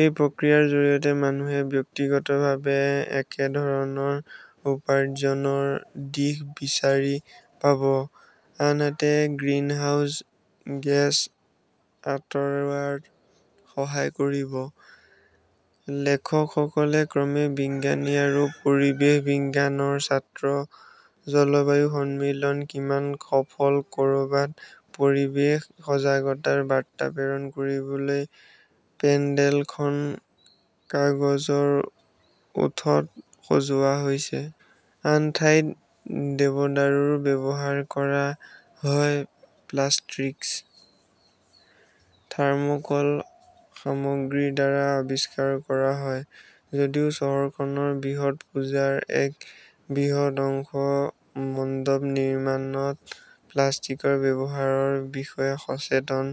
এই প্ৰক্ৰিয়াৰ জৰিয়তে মানুহে ব্যক্তিগতভাৱে একেধৰণৰ উপাৰ্জনৰ দিশ বিচাৰি পাব, আনহাতে গ্ৰীণহাউছ গেছ আঁতৰোৱাত সহায় কৰিব। লেখকসকল ক্ৰমে বিজ্ঞানী আৰু পৰিৱেশ বিজ্ঞানৰ ছাত্ৰ। জলবায়ু সন্মিলন কিমান সফল ক'ৰবাত পৰিৱেশ সজাগতাৰ বাৰ্তা প্ৰেৰণ কৰিবলৈ পেণ্ডেলখন কাগজৰ ওঁঠত সজোৱা হৈছে। আন ঠাইত দেৱদাৰুৰ ব্যৱহাৰ কৰা হয় প্লাষ্টিক্স, থাৰ্মোক্লৰ সামগ্ৰীৰ দ্বাৰা আৱিষ্কাৰ কৰা হয়। যদিও চহৰখনৰ বৃহৎ পূজাৰ এক বৃহৎ অংশ মণ্ডপ নিৰ্মাণত প্লাষ্টিকৰ ব্যৱহাৰৰ বিষয়ে সচেতন,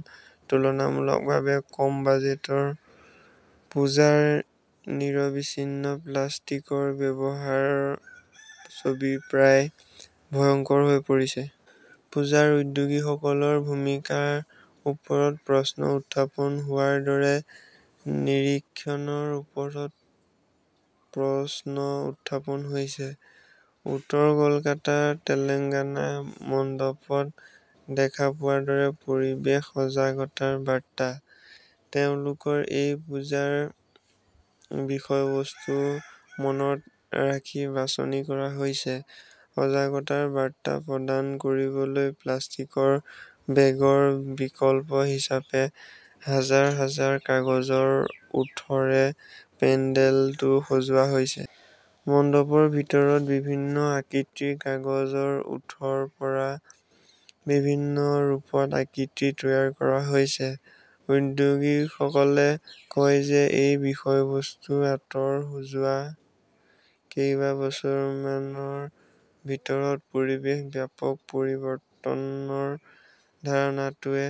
তুলনামূলকভাৱে কম বাজেটৰ পূজাৰ নিৰবিচ্ছিন্ন প্লাষ্টিকৰ ব্যৱহাৰৰ ছবি প্ৰায় ভয়ংকৰ হৈ পৰিছে। পূজাৰ উদ্যোগীসকলৰ ভূমিকাৰ ওপৰত প্ৰশ্ন উত্থাপন হোৱাৰ দৰে নিৰীক্ষণৰ ওপৰতো প্ৰশ্ন উত্থাপন হৈছে। উত্তৰ কলকাতাৰ তেলেংগানা মণ্ডপত দেখা পোৱাৰ দৰে পৰিৱেশ সজাগতাৰ বাৰ্তা। তেওঁলোকৰ এই পূজাৰ বিষয়বস্তুও মনত ৰাখি বাছনি কৰা হৈছে। সজাগতাৰ বাৰ্তা প্ৰদান কৰিবলৈ প্লাষ্টিকৰ বেগৰ বিকল্প হিচাপে হাজাৰ হাজাৰ কাগজৰ ওঁঠৰে পেণ্ডেলটো সজোৱা হৈছে। মণ্ডপৰ ভিতৰত বিভিন্ন আকৃতিৰ কাগজৰ ওঁঠৰ পৰা বিভিন্ন ৰূপৰ আকৃতি তৈয়াৰ কৰা হৈছে। উদ্যোগীসকলে কয় যে এই বিষয়বস্তুৰ আঁৰত যোৱা কেইবছৰমানৰ ভিতৰত পৰিৱেশৰ ব্যাপক পৰিৱৰ্তনৰ ধাৰণাটোৱে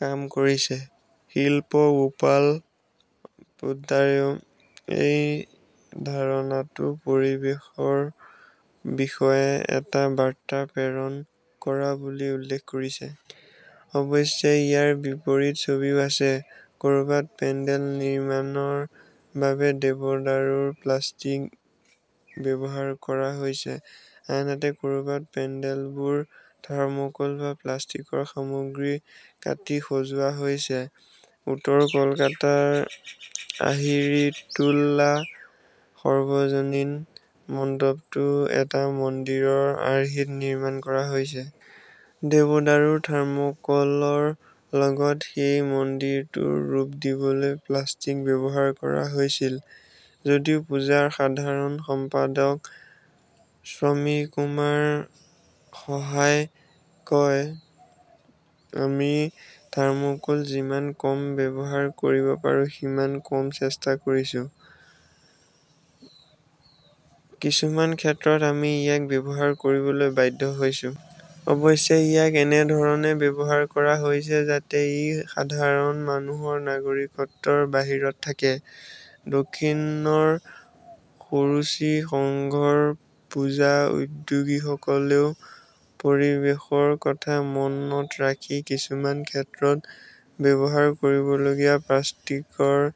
কাম কৰিছে। শিল্পী গোপাল পোদ্দাৰেও এই ধাৰণাটো পৰিৱেশৰ বিষয়ে এটা বাৰ্তা প্ৰেৰণ কৰা বুলি উল্লেখ কৰিছে। অৱশ্যে, ইয়াৰ বিপৰীত ছবিও আছে। ক'ৰবাত পেণ্ডেল নিৰ্মাণৰ বাবে দেৱদাৰুৰ প্লাষ্টিক ব্যৱহাৰ কৰা হৈছে, আনহাতে ক'ৰবাত পেণ্ডেলবোৰ থাৰ্মোকোল বা প্লাষ্টিকৰ সামগ্ৰী কাটি সজোৱা হৈছে। উত্তৰ কলকাতাৰ আহিৰিটোলা সৰ্বজনীন মণ্ডপটো এটা মন্দিৰৰ আৰ্হিত নিৰ্মাণ কৰা হৈছে। দেৱদাৰুৰ থাৰ্মোকলৰ লগতে সেই মন্দিৰটোৰ ৰূপ দিবলৈ প্লাষ্টিক ব্যৱহাৰ কৰা হৈছিল। যদিও পূজাৰ সাধাৰণ সম্পাদক শ্বমিকুমাৰ সাহাই কয়, আমি থাৰ্মোকোল যিমান কম ব্যৱহাৰ কৰিব পাৰো সিমান কম চেষ্টা কৰিছো। কিছুমান ক্ষেত্ৰত আমি ইয়াক ব্যৱহাৰ কৰিবলৈ বাধ্য হৈছো। অৱশ্যে, ইয়াক এনে ধৰণে ব্যৱহাৰ কৰা হৈছে যাতে ই সাধাৰণ মানুহৰ নাগৰিকত্বৰ বাহিৰত থাকে। দক্ষিণৰ সুৰুচি সংঘৰ পূজা উদ্যোগীসকলেও পৰিৱেশৰ কথা মনত ৰাখি কিছুমান ক্ষেত্ৰত ব্যৱহাৰ কৰিবলগীয়া প্লাষ্টিকৰ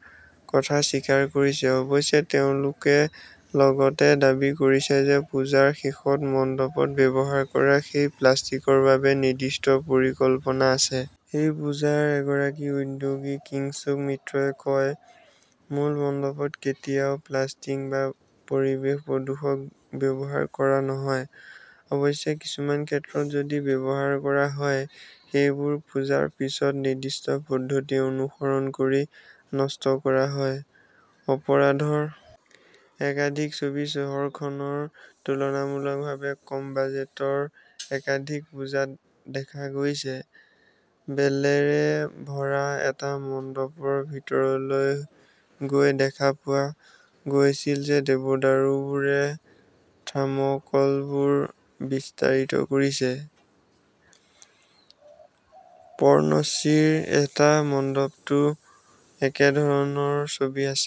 কথা স্বীকাৰ কৰিছে। অৱশ্যে, তেওঁলোকে লগতে দাবী কৰিছে যে পূজাৰ শেষত মণ্ডপত ব্যৱহাৰ কৰা সেই প্লাষ্টিকৰ বাবে নিৰ্দিষ্ট পৰিকল্পনা আছে। এই পূজাৰ এগৰাকী উদ্যোগী কিংছুক মিত্ৰই কয়, মূল মণ্ডপত কেতিয়াও প্লাষ্টিক বা পৰিৱেশ প্ৰদূষক ব্যৱহাৰ কৰা নহয়। অৱশ্যে, কিছুমান ক্ষেত্ৰত যদি ব্যৱহাৰ কৰা হয়, সেইবোৰ পূজাৰ পিছত নিৰ্দিষ্ট পদ্ধতি অনুসৰণ কৰি নষ্ট কৰা হয়। অপৰাধৰ একাধিক ছবি চহৰখনৰ তুলনামূলকভাৱে কম বাজেটৰ একাধিক পূজাত দেখা গৈছে। বেলেৰে ভৰা এটা মণ্ডপৰ ভিতৰলৈ গৈ দেখা পোৱা গৈছিল যে দেৱদাৰুবোৰে থৰ্মোকলবোৰ বিস্তাৰিত কৰিছে। পৰ্ণশ্ৰীৰ এটা মণ্ডপতো একেধৰণৰ ছবি আছে।